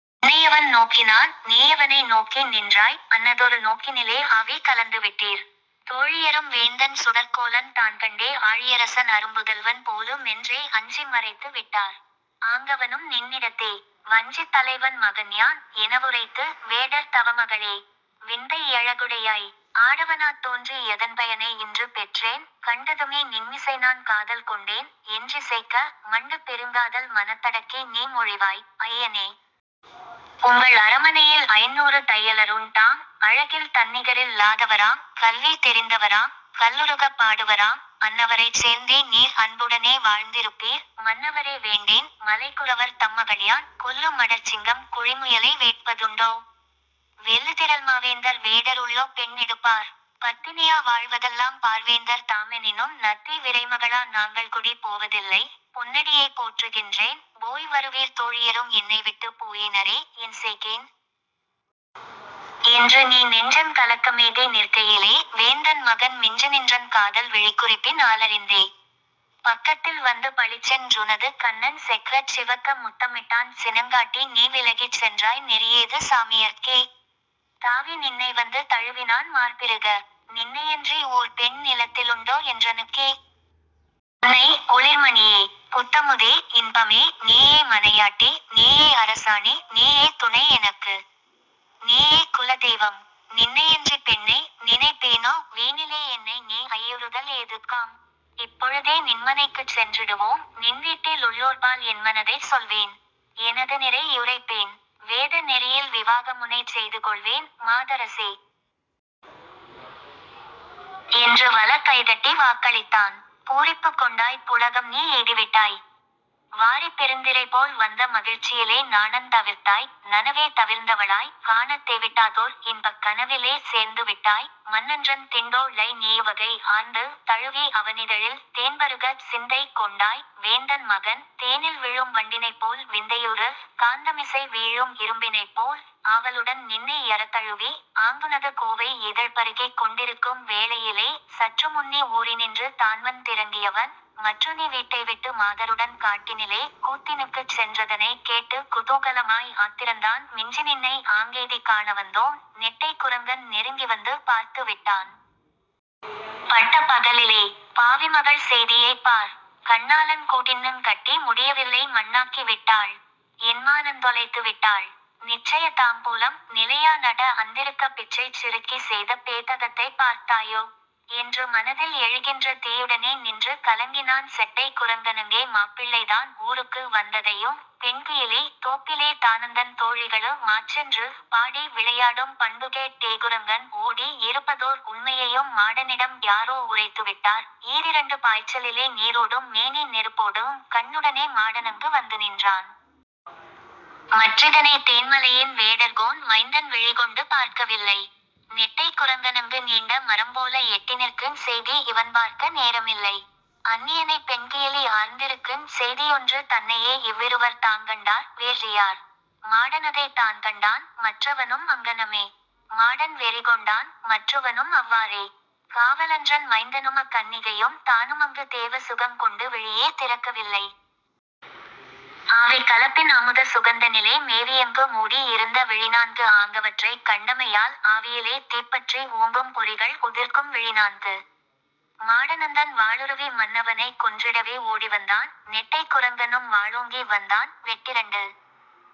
நின்னையவன் நோக்கினான்; நீயவனை நோக்கி நின்றாய்; அன்னதொரு நோக்கினிலே ஆவி கலந்துவிட்டீர். தோழியரும் வேந்தன் சுடர்க்கோலந் தான்கண்டே ஆழியரசன் அரும்புதல்வன் போலு மென்றே அஞ்சி மறைத்து விட்டார். ஆங்கவனும் நின்னிடத்தே. ''வஞ்சித் தலைவன் மகன்யான்'' எனவுரைத்து, ''வேடர் தவமகளே! விந்தை யழகுடையாய்! ஆடவனாத் தோன்றி யதன்பயனை இன்று பெற்றேன்; கண்டதுமே நின்மிசைநான் காதல்கொண்டேன்'' என்றிசைக்க, மண்டு பெருங்காதல் மனத்தடக்கி நீ மொழிவாய்; ''ஐயனே! உங்கள் அரமனையில் ஐந்நூறு தையலருண் டாம்; அழகில் தன்னிகரில் லாதவராம்; கல்வி தெரிந்தவராம்; கல்லுருகப் பாடுவராம்; அன்னவரைச் சேர்ந்தே நீர் அன்புடனே வாழ்ந்திருப்பீர், மன்னவரே வேண்டேன், மலைக்குறவர் தம்மகள்யான்; கொல்லு மடற்சிங்கம் குழிமுயலை வேட்பதுண்டோ? வெல்லுதிறல்மாவேந்தர் வேடருள்ளோ பெண்ணெடுப்பார்? பத்தினியா வாழ்வதல்லாம் பார்வேந்தர் தாமெனினும் நத்தி விரைமகளா நாங்கள்குடி போவதில்லை, பொன்னடியைப் போற்றுகின்றேன், போய் வருவீர் தோழியரும் என்னைவிட்டுப் போயினரே, என்செய்கேன்? '' என்று நீ நெஞ்சங் கலக்கமெய்தி நிற்கையிலே, வேந்தன் மகன் மிஞ்சுநின்றன் காதல் விழிக்குறிப்பி னாலறிந்தே,। பக்கத்தில் வந்து பளிச்சென் றுனது கன்னஞ் செக்கச் சிவக்க முத்தமிட்டான் சினங்காட்டி நீ விலகிச் சென்றாய் நெறியேது சாமியர்க்கே? தாவி நின்னைவந்து தழுவினான் மார்பிறுக. ''நின்னையன்றி ஓர் பெண் நிலத்திலுண்டோ என்றனுக்கே? பொன்னை, ஒளிர்மணியே. புத்தமுதே, இன்பமே, நீயே மனையாட்டி, நீயே அரசாணி, நீயே துணை எனக்கு. நீயே குலதெய்வம். நின்னையன்றிப் பெண்ணை, நினைப்பேனொ; வீணிலே என்னை நீ ஐயுறுதல் ஏதுக்காம்? இப்பொழுதே நின்மனைக்குச் சென்றிடுவோம்; நின்வீட்டி லுள்ளோர்பால் என்மனதைச் சொல்வேன். எனதுநிரை யுரைப்பேன். வேத நெறியில் விவாகமுனைச் செய்துகொள்வேன், மாதரசே! '' என்று வலக் கைதட்டி வாக்களித்தான். பூரிப்புக் கொண்டாய் புளகம்நீ எய்திவிட்டாய். வாரிப் பெருந்திரைபோல் வந்த மகிழ்ச்சியிலே நாணந் தவிர்த்தாய்; நனவே தவிர்ந்தவளாய், காணத் தெவிட்டாதோர் இன்பக் கனவிலே சேர்ந்துவிட்டாய், மன்னன்றன் திண்டோ ளை நீயுவகை ஆர்ந்து தழுவி அவனிதழில் தேன்பருகச் சிந்தை கொண்டாய், வேந்தன் மகன், தேனில் விழும் வண்டினைப்போல் விந்தையுறு காந்தமிசை வீழும் இரும்பினைப்போல், ஆவலுடன் நின்னை யறக்தழுவி, ஆங்குனது கோவை யிதழ்பருகிக் கொண்டிருக்கும் வேளையிலே, சற்றுமுன்னே ஊரினின்று தான்வந் திறங்கியவன், மற்றுநீ வீட்டைவிட்டு மாதருடன் காட்டினிலே கூத்தினுக்குச் சென்றதனைக் கேட்டு குதூகலமாய் ஆத்திரந்தான் மிஞ்சிநின்னை ஆங்கெய்திக் காணவந்தோன், நெட்டைக் குரங்கன் நெருங்கிவந்து பார்த்து விட்டான். ''பட்டப் பகலிலே! பாவிமகள் செய்தியைப் பார்! கண்ணாலங் கூடஇன்னுங் கட்டி முடியவில்லை மண்ணாக்கி விட்டாள்! என்மானந்தொலைத்துவிட்டாள். 'நிச்சய தாம்பூலம்' நிலையா நட ந்திருக்கப் பிச்சைச் சிறுக்கி செய்த பேதகத்தைப் பார்த்தாயோ? '' என்று மனதில் எழுகின்ற தீயுடனே நின்று கலங்கினான் செட்டைக் குரங்கனங்கே மாப்பிள்ளைதான் ஊருக்கு வந்ததையும், பெண்குயிலி, தோப்பிலே தானுந்தன் தோழிகளு மாச்சென்று பாடி விளையாடும் பண்புகேட் டேகுரங்கன் ஓடி யிருப்பதோர் உண்மையையும் மாடனிடம் யாரோ உரைத்துவிட்டார்: ஈரிரண்டு பாய்ச்சலிலே நீரோடும் மேனி நெருப்போடுங் கண்ணுடனே மாடனங்கு வந்துநின்றான். மற்றிதனைத் தேன்மலையின் வேடர்கோன் மைந்தன் விழிகொண்டு பார்க்கவில்லை. நெட்டைக் குரங்கனங்கு நீண்ட மரம்போல எட்டிநிற்குஞ் செய்தி இவன்பார்க்க நேரமில்லை. அன்னியனைப் பெண்குயிலி ஆர்ந்திருக்குஞ் செய்தியொன்று தன்னையே இவ்விருவர் தாங்கண்டார், வேறறியார். மாடனதைத் தான்கண்டான், மற்றவனும் அங்ஙனமே. மாடன் வெறிகொண்டான், மற்றுவனும் அவ்வாறே. காவலன்றன் மைந்தனுமக் கன்னிகையும் தானுமங்கு தேவசுகங் கொண்டு விழியே திறக்கவில்லை. ஆவிக் கலப்பின் அமுத சுகந்தனிலே மேவியங்கு மூடி யிருந்த விழிநான்கு ஆங்கவற்றைக் கண்டமையால் ஆவியிலே தீப்பற்றி ஓங்கும் பொறிகள் உதிர்க்கும் விழிநான்கு. மாடனுந்தன் வாளுருவி மன்னவனைக் கொன்றிடவே ஓடிவந்தான்; நெட்டைக் குரங்கனும் வாளோங்கி வந்தான்; வெட்டிரண்டு